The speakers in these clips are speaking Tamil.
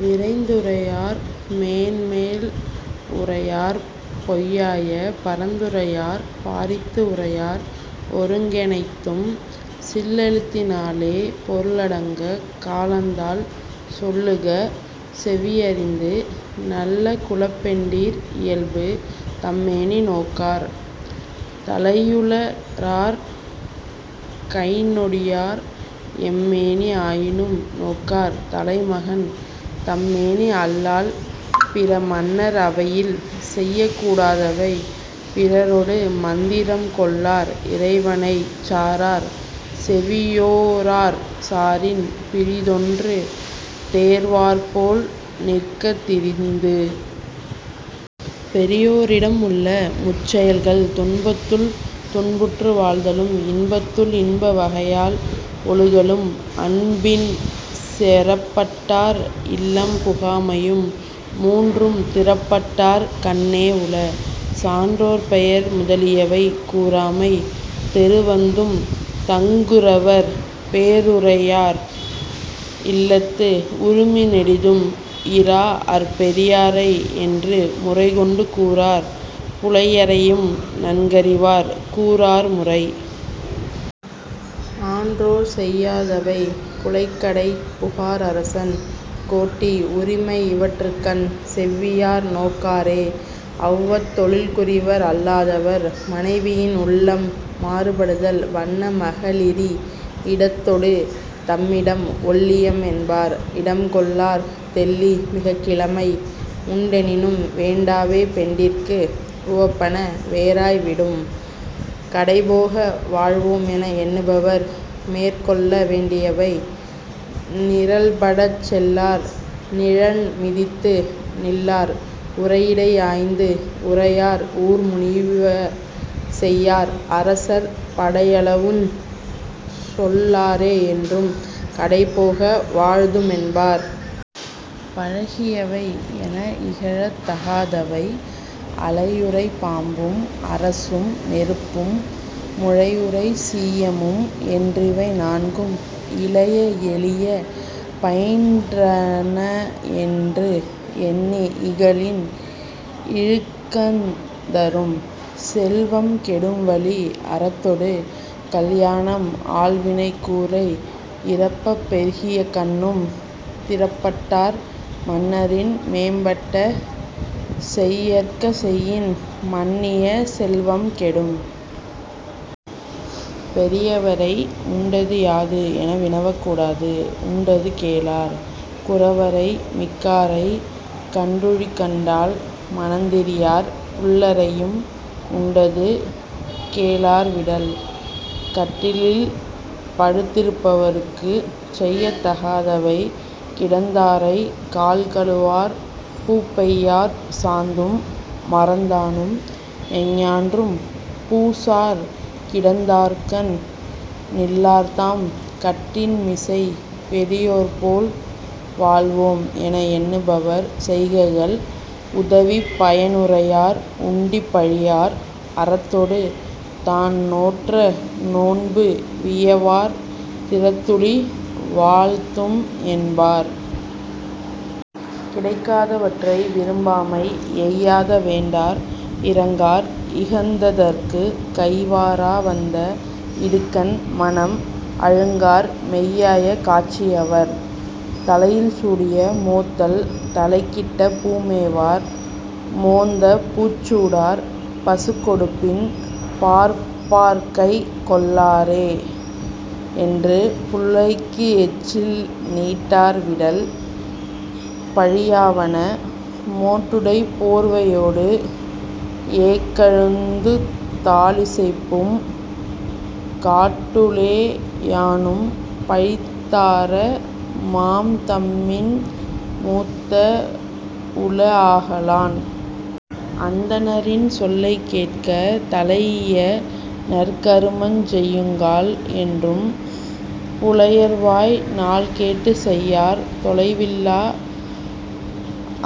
விரைந்துரையார் மேன்மேல் உரையார்பொய் யாய பரந்துரையார் பாரித்து உரையார் ஒருங்கெனைத்தும் சில்லெழுத்தினாலே பொருளடங்கக் காலந்தால் சொல்லுக செவ்வி அறிந்து. நல்ல குலப்பெண்டிர் இயல்பு தம்மேனி நோக்கார் தலையுளரார் கைந்நொடியார் எம்மேனி ஆயினும் நோக்கார் தலைமகன் தம்மேனி அல்லால் பிற. மன்னர் அவையில் செய்யக் கூடாதவை பிறரொடு மந்திரம் கொள்ளார் இறைவனைச் சாரார் செவியோரார் சாரின் பிறிதொன்று தேர்வார்போல் நிற்க திரிந்து. பெரியோரிடம் உள்ள முச்செயல்கள் துன்பத்துள் துன்புற்று வாழ்தலும் இன்பத்துள் இன்ப வகையால் ஒழுகலும் அன்பின் செறப்பட்டார் இல்லம் புகாமையும் மூன்றும் திறப்பட்டார் கண்ணே உள. சான்றோர் பெயர் முதலியவை கூறாமை தெறுவந்தும் தங்குரவர் பேருரையார் இல்லத்து உறுமி நெடிதும் இராஅர் பெரியாரை என்று முறைகொண்டு கூறார் புலையரையும் நன்கறிவார் கூறார் முறை. ஆன்றோர் செய்யாதவை புழைக்கடைப் புகார் அரசன் கோட்டி உரிமை இவற்றுக்கண் செவ்வியார் நோக்காரே அவ்வத் தொழிற்குரிவர் அல்லா தவர். மனைவியின் உள்ளம் மாறுபடுதல் வண்ண மகளிரி இடத்தொடு தம்மிடம் ஒள்ளியம் என்பார் இடம்கொள்ளார் தெள்ளி மிகக்கிழமை உண்டெனினும் வேண்டாவே பெண்டிர்க்கு உவப்பன வேறாய் விடும். கடைபோக வாழ்வோம் என எண்ணுபவர் மேற்கொள்ள வேண்டியவை நிரல்படச் செல்லார் நிழன்மிதித்து நில்லார் உரையிடை ஆய்ந்து உரையார் ஊர்முனிவ செய்யார் அரசர் படையளவுஞ் சொல்லாரே என்றும் கடைபோக வாழ்துமென் பார். பழகியவை என இகழத் தகாதவை அளையுறை பாம்பும் அரசும் நெருப்பும் முழைஉறை சீயமும் என்றிவை நான்கும் இளைய எளிய பயின்றனஎன்று எண்ணி இகழின் இழுக்கந் தரும். செல்வம் கெடும் வழி அறத்தொடு கல்யாணம் ஆள்வினை கூரை இறப்பப் பெருகியக் கண்ணும் திறப்பட்டார் மன்னரின் மேம்பட்ட செய்யற்க செய்யின் மன்னிய செல்வம் கெடும். பெரியவரை உண்டது யாது என வினவக் கூடாது உண்டது கேளார்; குரவரை மிக்காரைக் கண்டுழிக் கண்டால் மனந்திரியார்; புல்லரையும் உண்டது கேளார் விடல். கட்டிலில் படுத்திருப்பவருக்குச் செய்யத் தகாதவை கிடந்தாரைக் கால்கழுவார் பூப்பெய்யார் சாந்தும் மறந்தானும் எஞ்ஞான்றும் பூசார் கிடந்தார்கண் நில்லார்தாம் கட்டின் மிசை. பெரியோர் போல் வாழ்வோம் என எண்ணுபவர் செய்கைகள் உதவிப் பயனுரையார் உண்டி பழியார் அறத்தொடு தான்நோற்ற நோன்பு வியவார் திறத்துளி வாழ்தும்என் பார். கிடைக்காதவற்றை விரும்பாமை எய்யாத வேண்டார் இரங்கார் இகந்ததற்குக் கைவாரா வந்த இடுக்கண் மனம் அழுங்கார் மெய்யாய காட்சி யவர். தலையில் சூடிய மோத்தல் தலைக்கிட்ட பூமேவார் மோந்தபூச் சூடார் பசுக்கொடுப்பின் பார்ப்பார்கைக் கொள்ளாரே என்றும் புலைக்கு எச்சில் நீட்டார் விடல். பழியாவன மோட்டுடைப் போர்வையோடு ஏக்கழுத்துந் தாளிசைப்பும் காட்டுளே யானும் பழித்தார மாம்தம்மின் மூத்த உளஆக லான். அந்தணரின் சொல்லைக் கேட்க தலைஇய நற்கருமஞ் செய்யுங்கால் என்றும் புலையர்வாய் நாள்கேட்டுச் செய்யார் தொலைவில்லா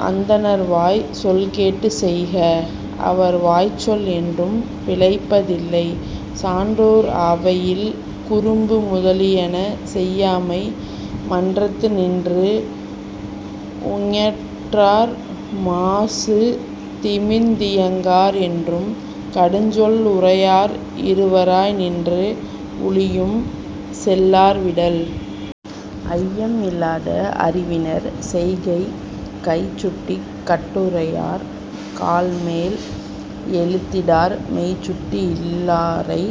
அந்தணர்வாய்ச் சொல்கேட்டுச் செய்க அவர் வாய்ச்சொல் என்றும் பிழைப்ப தில்லை. சான்றோர் அவையில் குறும்பு முதலியன செய்யாமை மன்றத்து நின்று உஞற்றார் மாசுதிமிர்ந் தியங்கார் என்றும் கடுஞ்சொல் உரையார் இருவராய் நின்று உழியும் செல்லார் விடல். ஐயம் இல்லாத அறிவினர் செய்கை கைசுட்டிக் கட்டுரையார் கால்மேல் எழுத்திடார் மெய்சுட்டி இல்லாரை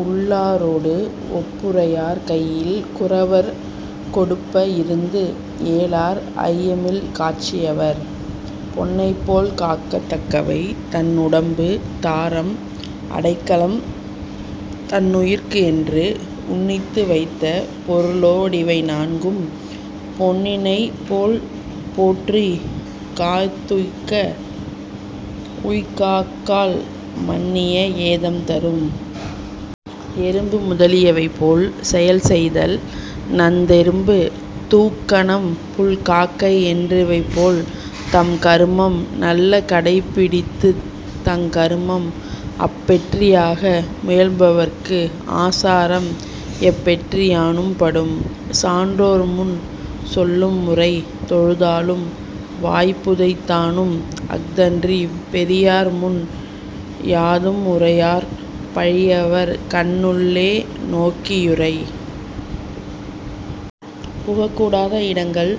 உள்ளாரோடு ஒப்புரையார் கையில் குரவர் கொடுப்ப இருந்துஏலார் ஐயமில் காட்சி யவர். பொன்னைப் போல் காக்கத் தக்கவை தன்னுடம்பு தாரம் அடைக்கலம் தன்னுயிர்க்குஎன்று உன்னித்து வைத்த பொருளோ டிவைநான்கும் பொன்னினைப் போல்போற்றிக் காத்துய்க்க உய்க்காக்கால் மன்னிய ஏதம் தரும். எறும்பு முதலியவை போல் செயல் செய்தல் நந்தெறும்பு தூக்கணம் புள்காக்கை என்றிவைபோல் தம்கருமம் நல்ல கடைப்பிடித்துத் தங்கருமம் அப்பெற்றி யாக முயல்பவர்க்கு ஆசாரம் எப்பெற்றி யானும் படும். சான்றோர் முன் சொல்லும் முறை தொழுதாலும் வாய்புதைத் தானும் அஃதன்றிப் பெரியார்முன் யாதும் உரையார் பழியவர் கண்ணுள்ளே நோக்கி யுரை. புகக் கூடாத இடங்கள்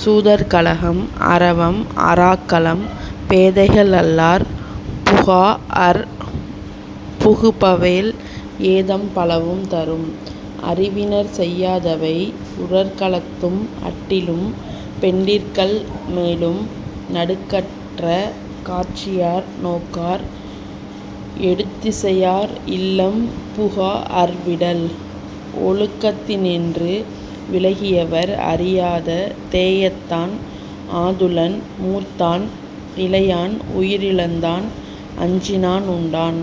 சூதர் கழகம் அரவம் அறாக்களம் பேதைகள் அல்லார் புகாஅர் புகுபவேல் ஏதம் பலவும் தரும். அறிவினர் செய்யாதவை உரற்களத்தும் அட்டிலும் பெண்டிர்கள் மேலும் நடுக்கற்ற காட்சியார் நோக்கார் எடுத்திசையார் இல்லம் புகாஅர் விடல். ஒழுக்கத்தினின்று விலகியவர் அறியாத தேயத்தான் ஆதுலன் மூத்தான் இளையான் உயிரிழந்தான் அஞ்சினான் உண்டான்